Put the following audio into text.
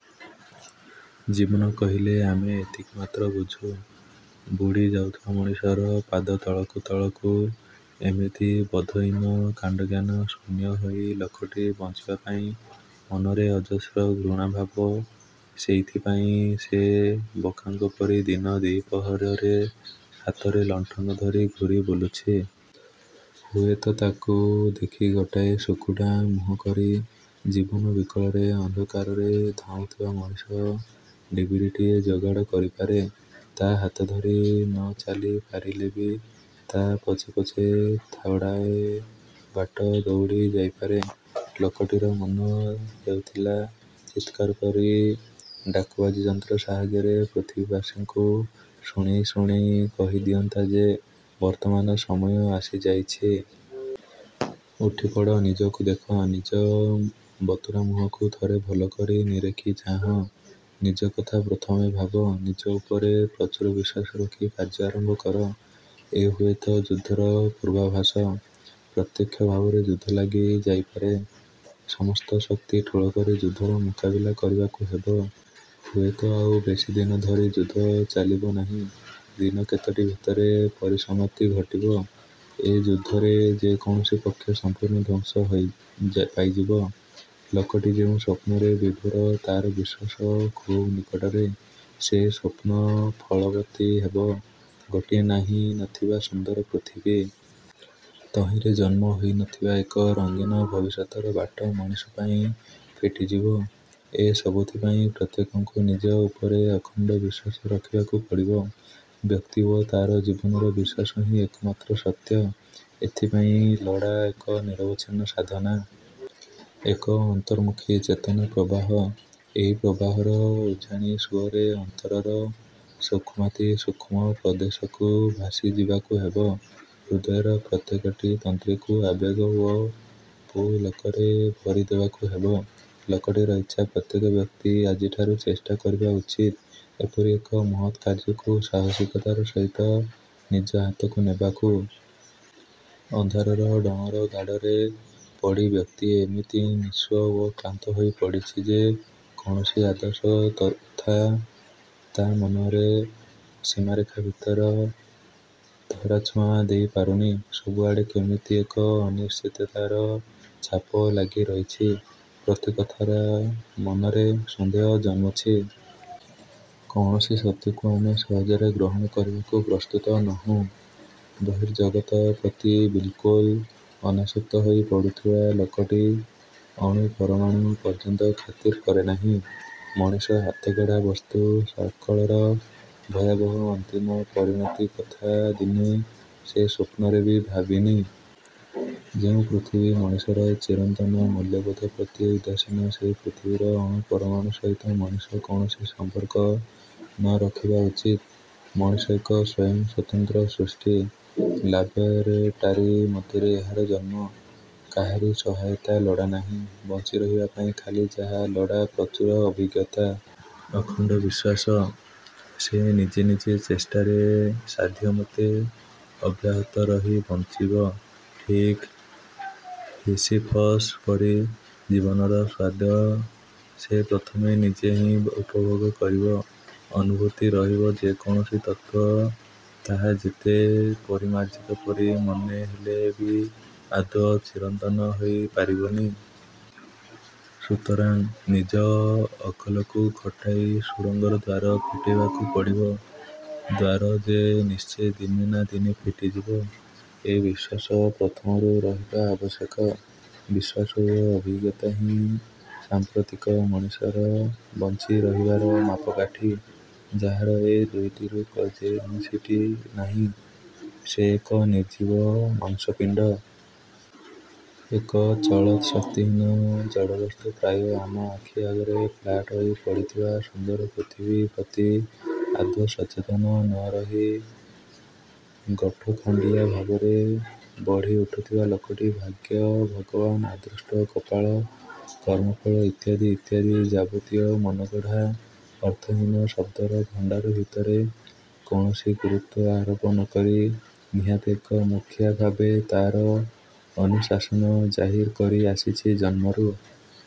ଜୀବନ କହିଲେ ଆମେ ଏତିକି ମାତ୍ର ବୁଝୁ। ବୁଡ଼ି ଯାଉଥିବା ମଣିଷର ପାଦ ତଳକୁ ତଳକୁ। ଏମିତି ବୋଧହୀନ, କାଣ୍ଡଜ୍ଞାନ ଶୂନ୍ୟ ହୋଇ ଲୋକଟି ବଞ୍ଚିବା ପାଇଁ ମନରେ ଅଜସ୍ର ଘୃଣାଭାବ। ସେଇଥିପାଇଁ ସେ ବୋକାଙ୍କ ପରି ଦିନ ଦ୍ୱିପ୍ରହରେ ହାତରେ ଲଣ୍ଠନ ଧରି ଘୂରି ବୁଲୁଛି-। ହୁଏତ ତାକୁ ଦେଖି ଗୋଟାଏ ଶୁକୁଟା ମୁହଁ କରି ଜୀବନ ବିକଳରେ ଅନ୍ଧକାରରେ ଧାଉଁଥିବା ମଣିଷ ଡିବିରିଟିଏ ଯୋଗାଡ଼ କରିପାରେ। ତା' ହାତଧରି ନ ଚାଲି ପାରିଲେବି ତା' ପଛେପଛ ଥୋଡ଼ାଏ ବାଟ ଦଉଡ଼ି ଯାଇପାରେ। ଲୋକଟିର ମନ ହେଉଥିଲା ଚିତ୍କାର କରି ଡାକବାଜି ଯନ୍ତ୍ର ସାହାଯ୍ୟରେ ପୃଥିବୀବାସୀଙ୍କୁ ଶୁଣେଇ ଶୁଣେଇ କହି ଦିଅନ୍ତା ଯେ ''ବର୍ତ୍ତମାନ ସମୟ ଆସିଯାଇଛି-। ଉଠିପଡ଼! ନିଜକୁ ଦେଖ। ନିଜ ବତୁରା ମୁହଁକୁ ଥରେ ଭଲ କରି ନିରେଖି ଚାହଁ। ନିଜ କଥା ପ୍ରଥମେ ଭାବ। ନିଜ ଉପରେ ପ୍ରଚୁର ବିଶ୍ୱାସ ରଖି କାର୍ଯ୍ୟାରମ୍ଭ କର। ଏ ହୁଏତ ଯୁଦ୍ଧର ପୂର୍ବାଭାସ-! ପ୍ରତ୍ୟକ୍ଷ ଭାବରେ ଯୁଦ୍ଧ ଲାଗି ଯାଇପାରେ। ସମସ୍ତ ଶକ୍ତି ଠୁଳ କରି ଯୁଦ୍ଧର ମୁକାବିଲା କରିବାକୁ ହେବ।। ହୁଏତ ଆଉ ବେଶୀଦିନ ଧରି ଯୁଦ୍ଧ ଚାଲିବ ନାହିଁ। ଦିନ କେତୋଟି ଭିତରେ ପରିସମାପ୍ତି ଘଟିବ। ଏଯୁଦ୍ଧରେ ଯେକୌଣସି ପକ୍ଷ ସମ୍ପୂର୍ଣ୍ଣ ଧ୍ୱଂସ ପାଇଯିବ। '' ଲୋକଟି ଯେଉଁ ସ୍ୱପ୍ନରେ ବିଭୋର, ତା'ର ବିଶ୍ୱାସ ଖୁବ୍ ନିକଟରେ ସେ ସ୍ୱପ୍ନ ଫଳବତୀ ହେବ। ଗୋଟିଏ ନାହିଁ ନଥିବା ସୁନ୍ଦର ପୃଥିବୀ। ତହିଁରେ ଜନ୍ମ ହୋଇନଥିବା ଏକ ରଙ୍ଗୀନ ଭବିଷ୍ୟତର ବାଟ ମଣିଷ ପାଇଁ ଫିଟିଯିବ। ଏ ସବୁଥି ପାଇଁ ପ୍ରତ୍ୟେକଙ୍କୁ ନିଜ ଉପରେ ଅଖଣ୍ଡ ବିଶ୍ୱାସ ରଖିବାକୁ ପଡ଼ିବ। ବ୍ୟକ୍ତି ଓ ତା'ର ଜୀବନର ବିଶ୍ୱାସ ହିଁ ଏକମାତ୍ର ସତ୍ୟ। ଏଥିପାଇଁ ଲୋଡ଼ା ଏକ ନିରବଚ୍ଛିନ୍ନ ସାଧନା। ଏକ ଅନ୍ତର୍ମୁଖୀ ଚେତନା ପ୍ରବାହ। ଏଇ ପ୍ରବାହର ଉଜାଣି ସୁଅରେ ଅନ୍ତରର ସୂକ୍ଷ୍ମାତିସୂକ୍ଷ୍ମ ପ୍ରଦେଶକୁ ଭାସି ଯିବାକୁ ହେବ। ହୃଦୟର ପ୍ରତ୍ୟେକଟି ତନ୍ତ୍ରୀକୁ ଆବେଗ ଓ ପୁଲକରେ ଭରି ଦେବାକୁ ହେବ। ଲୋକଟିର ଇଚ୍ଛା ପ୍ରତ୍ୟେକ ବ୍ୟକ୍ତି ଆଜିଠାରୁ ଚେଷ୍ଟା କରିବା ଉଚିତ, ଏପରି ଏକ ମହତ୍ କାର୍ଯ୍ୟକୁ ସାହସୀକତାର ସହିତ ନିଜ ହାତକୁ ନେବାକୁ। ଅନ୍ଧାରର ଡଅଁର ଗାଡ଼ରେ ପଡ଼ି ବ୍ୟକ୍ତି ଏମିତି ନିଃସ୍ୱ ଓ କ୍ଳାନ୍ତ ହୋଇ ପଡ଼ିଛି ଯେ କୌଣସି ଆଦର୍ଶ କଥା ତା' ମନର ସୀମାରେଖା ଭିତରେ ଧରାଛୁଆଁ ଦେଇ ପାରୁନି। ସବୁଆଡ଼େ କେମିତି ଏକ ଅନିଶ୍ଚିତତାର ଛାପ ଲାଗି ରହିଛି। ପ୍ରତି କଥାରେ ମନରେ ସନ୍ଦେହ ଜନ୍ମୁଛି। କୌଣସି ସତ୍ୟକୁ ଆମେ ସହଜରେ ଗ୍ରହଣ କରିବାକୁ ପ୍ରସ୍ତୁତ ନୋହୁଁ। ବର୍ହିଃଜଗତ ପ୍ରତି ବିଲ୍କୁଲ୍ ଅନାସକ୍ତ ହୋଇ ପଡ଼ୁଥିବା ଲୋକଟି ଅଣୁପରମାଣୁ ପର୍ଯ୍ୟନ୍ତ ଖାତିର କରେ ନାହିଁ। ମଣିଷ ହାତଗଢ଼ା ବସ୍ତୁ ସକଳର ଭୟାବହ ଅନ୍ତିମ ପରିଣତି କଥା ଦିନେ ସେ ସ୍ୱପ୍ନରେ ବି ଭାବିନି। ଯେଉଁ ପୃଥିବୀ ମଣିଷର ଚିରନ୍ତନ ମୂଲ୍ୟବୋଧ ପ୍ରତି ଉଦାସୀନ, ସେ ପୃଥିବୀର ଅଣୁ ପରମାଣୁ ସହିତ ମଣିଷ କୌଣସି ସମ୍ପର୍କ ନରଖିବା ଉଚିତ। ମଣିଷ ଏକ ସ୍ୱୟଂ ସ୍ୱତନ୍ତ୍ର ସୃଷ୍ଟି। ଲାବୋରେଟାରୀ ମଧ୍ୟରେ ଏହାର ଜନ୍ମ। କାହାରି ସହାୟତା ଲୋଡ଼ାନାହିଁ। ବଞ୍ଚି ରହିବା ପାଇଁ ଖାଲି ଯାହା ଲୋଡ଼ା ପ୍ରଚୁର ଅଭିଜ୍ଞତା। ଅଖଣ୍ଡ ବିଶ୍ୱାସ। ସେ ନିଜେ ନିଜ ଚେଷ୍ଟାରେ ସାଧ୍ୟମତେ ଅବ୍ୟାହତ ରହି ବଞ୍ଚିବ, ଠିକ୍ ହିସିଫସ୍ ପରି। ଜୀବନର ସ୍ୱାଦୁ ସେ ପ୍ରଥମେ ନିଜେହିଁ ଉପଭୋଗ କରିବ। ଅନୁଭୂତି ରହିତ ଯେକୌଣସି ତତ୍ତ୍ୱ, ତାହା ଯେତେ ପରିମାର୍ଜିତ ପରି ମନେହେଲେ ବି ଆଦୌ ଚିରନ୍ତନ ହୋଇ ପାରିବନି। ସୁତରାଂ ନିଜ ଅକଲକୁ ଖଟାଇ ସୁଡ଼ଙ୍ଗର ଦ୍ୱାର ଫିଟେଇବାକୁ ପଡ଼ିବ। ଦ୍ୱାର ଯେ ନିଶ୍ଚେ ଦିନେ ନା ଦିନେ ଫିଟିଯିବ, ଏ ବିଶ୍ୱାସ ପ୍ରଥମରୁ ରହିବା ଆବଶ୍ୟକ। ବିଶ୍ୱାସ ଓ ଅଭିଜ୍ଞତା ହିଁ ସାଂପ୍ରତିକ ମଣିଷର ବଞ୍ଚି ରହିବାର ମାପକାଠି। ଯାହାର ଏ ଦୁଇଟିରୁ କୌଣସିଟି ନାହିଁ, ସେ ଏକ ନିର୍ଜୀବ ମାଂସପିଣ୍ଡ। ଏକ ଚଳତ୍ ଶକ୍ତିହୀନ ଜଡ଼ବସ୍ତୁ ପ୍ରାୟ। ଆମ ଆଖି ଆଗରେ ଫ୍ଲାଟ ହୋଇ ପଡ଼ିଥିବା ସୁନ୍ଦର ପୃଥିବୀ ପ୍ରତି ଆଦୌ ସଚେତନ ନରହି ଗୋଠଖଣ୍ଡିଆ ଭାବରେ ବଢ଼ି ଉଠୁଥିବା ଲୋକଟି ଭାଗ୍ୟ, ଭଗବାନ, ଅଦୃଷ୍ଟ କପାଳ, କର୍ମଫଳ ଇତ୍ୟାଦି ଇତ୍ୟାଦି ଯାବତୀୟ ମନଗଢ଼ା ଅର୍ଥହୀନ ଶବ୍ଦର ଭଣ୍ଡାର ଭିତରେ କୌଣସି ଗୁରୁତ୍ୱ ଆରୋପ ନକରି ନିହାତି ଏକ ମୁଖିଆ ଭାବେ ତା'ର ଅନୁଶାସନ ଜାହିର୍ କରି ଆସିଛି ଜନ୍ମରୁ।